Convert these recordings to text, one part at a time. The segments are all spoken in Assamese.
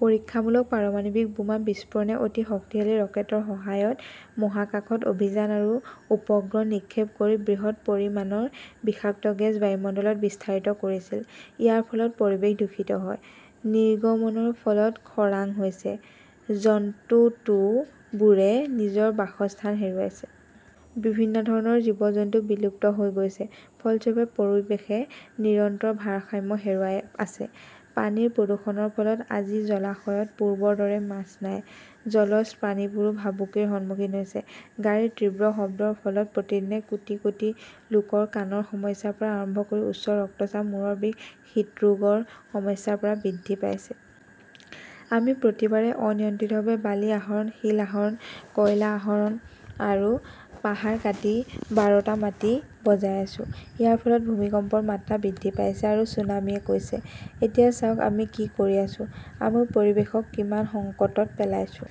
পৰীক্ষামূলক পাৰমাণৱিক বোমা বিস্ফোৰণে অতি শক্তিশালী ৰকেটৰ সহায়ত মহাকাশত অভিযান আৰু উপগ্ৰহ নিক্ষেপ কৰি বৃহৎ পৰিমাণৰ বিষাক্ত গেছ বায়ুমণ্ডলত বিস্তাৰিত কৰিছিল। ইয়াৰ ফলত পৰিৱেশ দূষিত হয়। নিৰ্গমনৰ ফলত খৰাং হৈছে। জন্তুটোবোৰে নিজৰ বাসস্থান হেৰুৱাইছে। বিভিন্ন ধৰণৰ জীৱ-জন্তু বিলুপ্ত হৈ গৈছে। ফলস্বৰূপে, পৰিৱেশে নিৰন্তৰ ভাৰসাম্য হেৰুৱাই আছে। পানীৰ প্ৰদূষণৰ ফলত আজি জলাশয়ত পূৰ্বৰ দৰে মাছ নাই। জলজ প্ৰাণীবোৰো ভাবুকিৰ সন্মুখীন হৈছে। গাড়ীৰ তীব্ৰ শব্দৰ ফলত প্ৰতিদিনে কোটি কোটি লোকৰ কাণৰ সমস্যাৰ পৰা আৰম্ভ কৰি উচ্চ ৰক্তচাপ, মূৰৰ বিষ, হৃদৰোগৰ সমস্যাৰ পৰা বৃদ্ধি পাইছে। আমি প্ৰতিবাৰে অনিয়ন্ত্ৰিতভাৱে বালি আহৰণ, শিল আহৰণ, কয়লা আহৰণ আৰু পাহাৰ কাটি বাৰটা মাটি বজাই আছো। ইয়াৰ ফলত ভূমিকম্পৰ মাত্ৰা বৃদ্ধি পাইছে আৰু ছুনামীয়ে হৈছে ।এতিয়া চাওক আমি কি কৰি আছো। আমি পৰিৱেশক কিমান সংকটত পেলাইছো।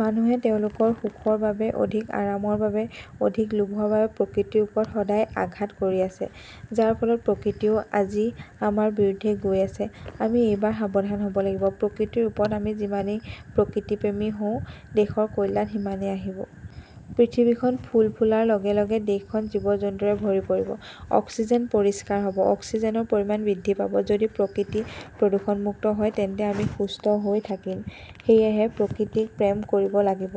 মানুহে তেওঁলোকৰ সুখৰ বাবে, অধিক আৰামৰ বাবে, অধিক লোভৰ বাবে প্ৰকৃতিৰ ওপৰত সদায়ে আঘাত কৰি আছে। যাৰ ফলত প্ৰকৃতিয়েও আজি আমাৰ বিৰুদ্ধে গৈ আছে। আমি এইবাৰ সাৱধান হব লাগিব। প্ৰকৃতিৰ ওপৰত আমি যিমানেই প্ৰকৃতিপ্ৰেমী হওঁ, দেশৰ কল্যাণ সিমানেই আহিব। পৃথিৱীখন ফুল ফুলাৰ লগে লগে দেশখন জীৱ-জন্তুৰে ভৰি পৰিব। অক্সিজেন পৰিষ্কাৰ হব। অক্সিজেনৰ পৰিমাণ বৃদ্ধি পাব। যদি প্ৰকৃতি প্ৰদূষণমুক্ত হয় তেন্তে আমি সুস্থ হৈ থাকিম। সেয়েহে প্ৰকৃতিক প্ৰেম কৰিব লাগিব।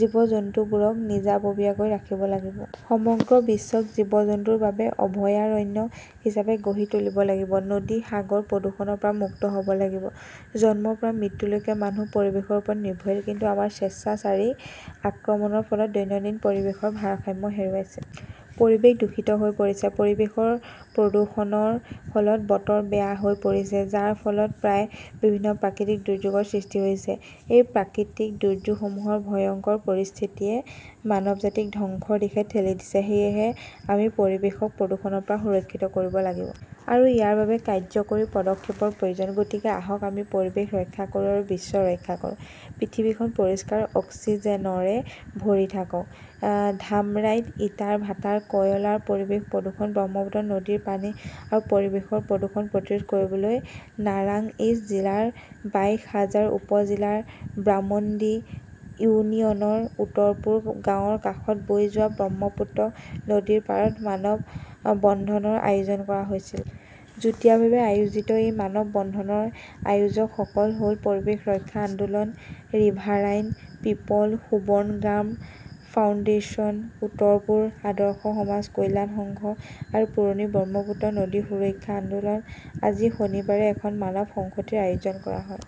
জীৱ-জন্তুবোৰক নিজাববীয়াকৈ ৰাখিব লাগিব। সমগ্ৰ বিশ্বক জীৱ-জন্তুৰ বাবে অভয়াৰণ্য হিচাপে গঢ়ি তুলিব লাগিব। নদী, সাগৰ প্ৰদূষণৰ পৰা মুক্ত হ 'ব লাগিব। জন্মৰ পৰা মৃত্যুলৈকে মানুহ পৰিৱেশৰ ওপৰত নিৰ্ভৰশীল। কিন্তু আমাৰ স্বেচ্ছাচাৰী আক্ৰমণৰ ফলত দৈনন্দিন পৰিৱেশৰ ভাৰসাম্য হেৰুৱাইছে। পৰিৱেশ দূষিত হৈ পৰিছে। পৰিৱেশৰ প্ৰদূষণৰ ফলত বতৰ বেয়া হৈ পৰিছে, যাৰ ফলত প্ৰায় বিভিন্ন প্ৰাকৃতিক দুৰ্যোগৰ সৃষ্টি হৈছে। এই প্ৰাকৃতিক দুৰ্যোগসমূহৰ ভয়ংকৰ পৰিস্থিতিয়ে মানৱজাতিক ধ্বংসৰ দিশে ঠেলি দিছে। সেয়েহে আমি পৰিৱেশক প্ৰদূষণৰ পৰা সুৰক্ষিত কৰিব লাগিব। আৰু ইয়াৰ বাবে কাৰ্যকৰী পদক্ষেপৰ প্ৰয়োজন। গতিকে আহক আমি পৰিৱেশ ৰক্ষা কৰোঁ আৰু বিশ্ব ৰক্ষা কৰোঁ। পৃথিৱীখন পৰিষ্কাৰ অক্সিজেনৰে ভৰি থাকক। ধামৰাইত ইটাৰ ভাটাৰ কয়লাৰ পৰিৱেশ প্ৰদূষণ 'ব্ৰহ্মপুত্ৰ নদীৰ পানী আৰু পৰিৱেশৰ প্ৰদূষণ প্ৰতিৰোধ কৰিবলৈ নাৰাংইজ জিলাৰ বাইশ হাজাৰ উপ-জিলাৰ ব্ৰামণ্ডী ইউনিয়নৰ উত্তৰপুৰ গাঁৱৰ কাষত বৈ যোৱা ব্ৰহ্মপুত্ৰ নদীৰ পাৰত মানৱ বন্ধনৰ আয়োজন কৰা হৈছিল। যুটীয়াভাৱে আয়োজিত এই মানৱ বন্ধনৰ আয়োজকসকল হ'ল পৰিৱেশ ৰক্ষা আন্দোলন, riverine people, Subarnagram foundation, Uttarpur আদৰ্শ সমাজ কল্যাণ সংঘ আৰু পুৰণি ব্ৰহ্মপুত্ৰ নদী সুৰক্ষা আন্দোলন। আজি শনিবাৰে এখন মানৱ সংহতিৰ আয়োজন কৰা হয়।